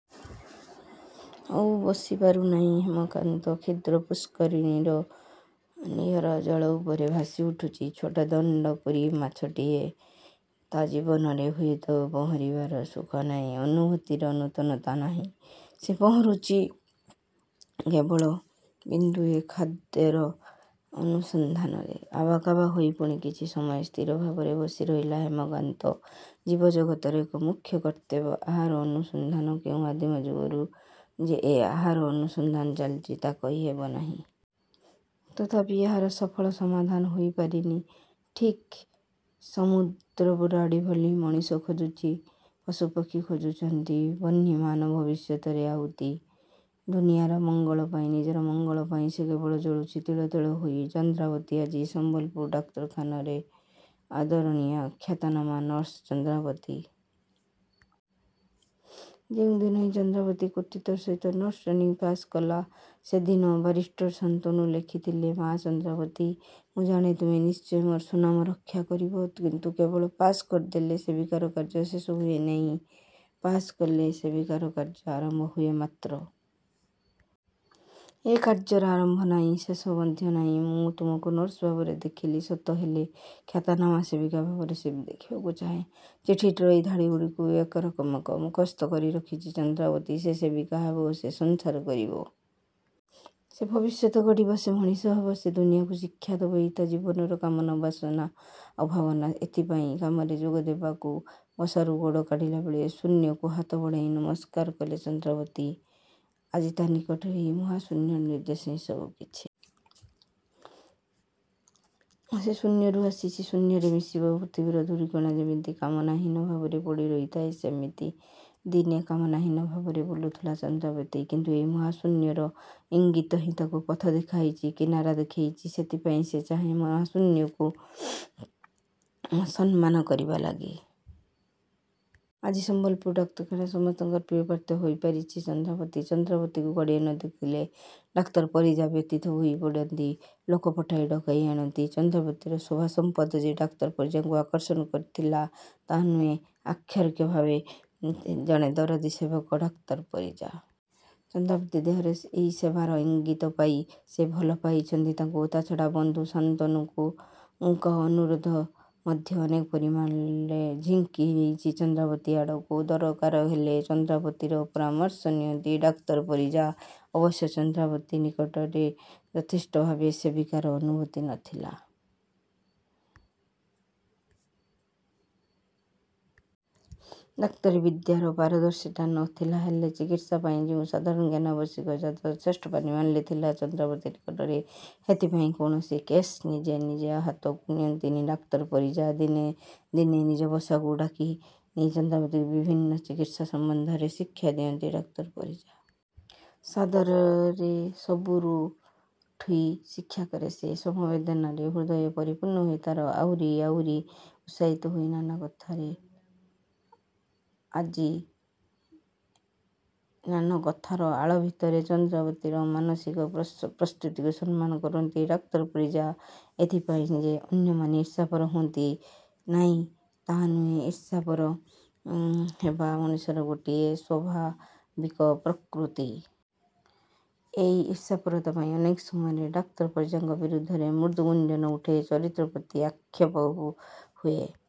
ଆଉ ବସି ପାରୁନାହିଁ ହେମକାନ୍ତ। କ୍ଷୁଦ୍ର ପୁଷ୍କରିଣୀର ନିଥର ଜଳ ଉପରେ ଭାସିଉଠୁଛି ଛୋଟ ଦଣ୍ଡ କୁରୀ ମାଛଟିଏ। ତା ଜୀବନରେ ହୁଏତ ପହଁରିବାର ସୁଖ ନାହିଁ ଅନୁଭୂତିର ନୂତନତା ନାହିଁ ସେ ପହଁରୁଛି କେବଳ ବିନ୍ଦୁଏ ଖାଦ୍ୟର ଅନୁସନ୍ଧାନରେ। ଆବାକାବା ହୋଇ ପୁଣି କିଛି ସମୟ ସ୍ଥିର ଭାବରେ ବସି ରହିଲା ହେମକାନ୍ତ ଜୀବ ଜଗତର ଏକ ମୁଖ୍ୟ କର୍ତ୍ତବ୍ୟ ଆହାର ଅନୁସନ୍ଧାନ କେଉଁ ଆଦିମ ଯୁଗରୁ ଯେ ଏ ଆହାର ଅନୁସନ୍ଧାନ ଚାଲିଛି ତାହା କହି ହେବନାହିଁ। ତଥାପି ଏହାର ସଫଳ ସମାଧାନ ହୋଇପାରିନି। ଠିକ୍ ସମୁଦ୍ର ବୁଡ଼ାଳି ଭଳି ମଣିଷ ଖୋଜୁଛି ପଶୁ ପକ୍ଷୀ ଖୋଜୁଛନ୍ତି। ବହ୍ନିମାନ ଭବିଷ୍ୟତରେ ଆହୂତି। ଦୁନିଆଁର ମଙ୍ଗଳ ପାଇଁ ନିଜର ମଙ୍ଗଳ ପାଇଁ ସେ କେବଳ ଜଳୁଛି ତିଳ ତିଳ ହୋଇ ଚନ୍ଦ୍ରାବତୀ ଆଜି ସମ୍ବଲପୁର ଡାକ୍ତରଖାନାରେ ଆଦରଣୀୟା ଖ୍ୟାତନାମା ନର୍ସ ଚନ୍ଦ୍ରାବତୀ। ଯେଉଁଦିନ ଏଇ ଚନ୍ଦ୍ରାବତୀ କୃତୀତ୍ୱର ସହିତ ନର୍ସ ଟ୍ରେନିଂ ପାସ୍ କଲା ସେଦିନ ବାରିଷ୍ଟର ଶାନ୍ତନୁ ଲେଖିଥିଲେ ମା ଚନ୍ଦ୍ରାବତୀ ମୁଁ ଜାଣେ ତୁମେ ନିଶ୍ଚୟ ମୋର ସୁନାମ ରକ୍ଷା କରିବ। କିନ୍ତୁ କେବଳ ପାଶ୍ କରିଦେଲେ ସେବିକାର କାର୍ଯ୍ୟ ଶେଷ ହୁଏନାହିଁ। ପାଶ କଲେ ସେବିକାର କାର୍ଯ୍ୟ ଆରମ୍ଭ ହୁଏ ମାତ୍ର। ଏ କାର୍ଯ୍ୟର ଆରମ୍ଭ ନାହିଁ ଶେଷ ମଧ୍ୟ ନାହିଁ। ମୁଁ ତୁମକୁ ନର୍ସ ଭାବରେ ଦେଖିଲି ସତ ହେଲେ ଖ୍ୟାତନାମା ସେବିକା ଭାବରେ ଦେଖିବାକୁ ଚାହେଁ। ଚିଠିଟିର ଏଇ ଧାଡ଼ିଗୁଡ଼ିକୁ ଏକରକମ୍ ମୁଖସ୍ତ କରି ରଖିଛି ଚନ୍ଦ୍ରାବତୀ। ସେ ସେବିକା ହେବ। ସେ ସଂସାର କରିବ। ସେ ଭବିଷ୍ୟତ ଗଢ଼ିବ। ସେ ମଣିଷ ହେବ। ସେ ଦୁନିଆଁକୁ ଶିକ୍ଷା ଦେବ। ଏଇ ତାର ଜୀବନର କାମନା ବେସନା ଆଉ ଭାବନା। ଏଇଥିପାଇଁ କାମରେ ଯୋଗଦେବାକୁ ବସାରୁ ଗୋଡ଼ କାଢ଼ିବାବେଳେ ଶୂନ୍ୟକୁ ହାତ ବଢ଼ାଇ ନମସ୍କାର କରେ ଚନ୍ଦ୍ରାବତୀ। ଆଜି ତା ନିକଟରେ ଏହି ମହାଶୂନ୍ୟର ନିର୍ଦ୍ଦେଶ ହିଁ ସବୁକିଛି। ସେ ଶୂନ୍ୟରୁ ଆସିଛି ଶୂନ୍ୟରେ ମିଶିବ। ପୃଥିବୀର ଧୂଳିକଣା ଯେମିତି କାମନାହୀନ ଭାବରେ ପଡ଼ି ରହିଥାଏ ସେମିତି ଦିନେ କାମନାହୀନ ଭାବରେ ବୁଲୁଥିଲା ଚନ୍ଦ୍ରାବତୀ। କିନ୍ତୁ ଏଇ ମହାଶୂନ୍ୟର ଇଙ୍ଗୀତ ହିଁ ତାକୁ ପଥ ଦେଖାଇଛି କିନାରା ଦେଖାଇଛି। ସେଥିପାଇଁ ସେ ଚାହେଁ ମହାଶୂନ୍ୟକୁ ସମ୍ମାନ କରିବା ଲାଗି। ଆଜି ସମ୍ଭଲପୁର ଡାକ୍ତରଖାନାରେ ସମସ୍ତଙ୍କର ପ୍ରିୟପାତ୍ରୀ ହୋଇ ପାରିଛି ଚନ୍ଦ୍ରାବତୀ। ଚନ୍ଦ୍ରାବତୀକୁ ଘଡ଼ିଏ ନ ଦେଖିଲେ ଡାକ୍ତର ପରିଜା ବ୍ୟଥିତ ହୋଇ ପଡ଼ନ୍ତି। ଲୋକ ପଠାଇ ଡ଼କାଇ ଆଣନ୍ତି। ଚନ୍ଦ୍ରାବତୀର ଶୋଭା ସମ୍ପଦ ଯେ ଡାକ୍ତର ପରିଜାଙ୍କୁ ଆକର୍ଷଣ କରିଥିଲା ତା ନୁହେଁ ଆକ୍ଷରିକ ଭାବେ ଜଣେ ଦରଦୀ ସେବକ ଡାକ୍ତର ପରିଜା। ଚନ୍ଦ୍ରାବତୀ ଦେହରେ ଏଇ ସେବାର ଇଙ୍ଗୀତ ପାଇ ସେ ଭଲ ପାଇଛନ୍ତି ତାକୁ। ତା ଛଡ଼ା ବନ୍ଧୁ ଶାନ୍ତନୁଙ୍କ ଅନୁରୋଧ ମଧ୍ୟ ଅନେକ ପରିମାଣରେ ଝିଙ୍କି ନେଇଛି ଚନ୍ଦ୍ରାବତୀ ଆଡ଼କୁ। ଦରକାର ହେଲେ ଚନ୍ଦ୍ରାବତୀର ପରାମର୍ଶ ନିଅନ୍ତି ଡାକ୍ତର ପରିଜା। ଅବଶ୍ୟ ଚନ୍ଦ୍ରାବତୀ ନିକଟରେ ଯଥେଷ୍ଟ ଭାବେ ସେବିକାର ଅନୁଭୁତି ନ ଥିଲା। ଡାକ୍ତରୀ ବିଦ୍ୟାର ପାରଦର୍ଶିତା ନ ଥିଲା ହେଲେ ଚିକିତ୍ସା ପାଇଁ ଯେଉଁ ସାଧାରଣ ଜ୍ଞାନ ଆବଶ୍ୟକ ତାହା ଯଥେଷ୍ଟ ପରିମାଣରେ ଥିଲା ଚନ୍ଦ୍ରାବତୀ ନିକଟରେ। ସେଥିପାଇଁ କୌଣସି କେସ୍ ନିଜେ ନିଜେ ହାତକୁ ନିଅନ୍ତିନି ଡାକ୍ତର ପରିଜା। ଦିନେ ଦିନେ ନିଜ ବସାକୁ ଡ଼ାକିନେଇ ଚନ୍ଦ୍ରାବତୀକୁ ବିଭିନ୍ନ ଚିକିତ୍ସା ସମ୍ବନ୍ଧରେ ଶିକ୍ଷା ଦିଅନ୍ତି ଡାକ୍ତର ପରିଜା। ସାବରେ ସବୁରୁ ଶିକ୍ଷାକରେ ସେ। ସମବେଦନାରେ ହୃଦୟ ପରିପୂର୍ଣ୍ଣ ହୁଏ ତାର। ଆହୁରି ଆହୁରି ଉତ୍ସାହିତ ହୋଇ ନାନା କଥାର ଆଳ ଭିତରେ ଚନ୍ଦ୍ରାବତୀର ମାନସିକ ପ୍ରସ୍ତୁତିକୁ ସମ୍ମାନ କରନ୍ତି ଡାକ୍ତର ପରିଜା। ଏଥିପାଇଁ ଯେ ଅନ୍ୟମାନେ ଈର୍ଷାପର ହୁଅନ୍ତି ନାହିଁ ତା ନୁହେଁ। ଈର୍ଷାପର ହେବା ମଣିଷର ଗୋଟିଏ ସ୍ୱଭାବିକ୍ ପ୍ରକୃତି। ଏଇ ଈର୍ଷାପରତା ପାଇଁ ଅନେକ ସମୟରେ ଡାକ୍ତର ପରିଜାଙ୍କ ବିରୁଦ୍ଧରେ ମୃଦୁଗୁଞ୍ଜନ ଉଠେ। ଚରିତ୍ର ପ୍ରତି ଆକ୍ଷେପ ହୁଏ।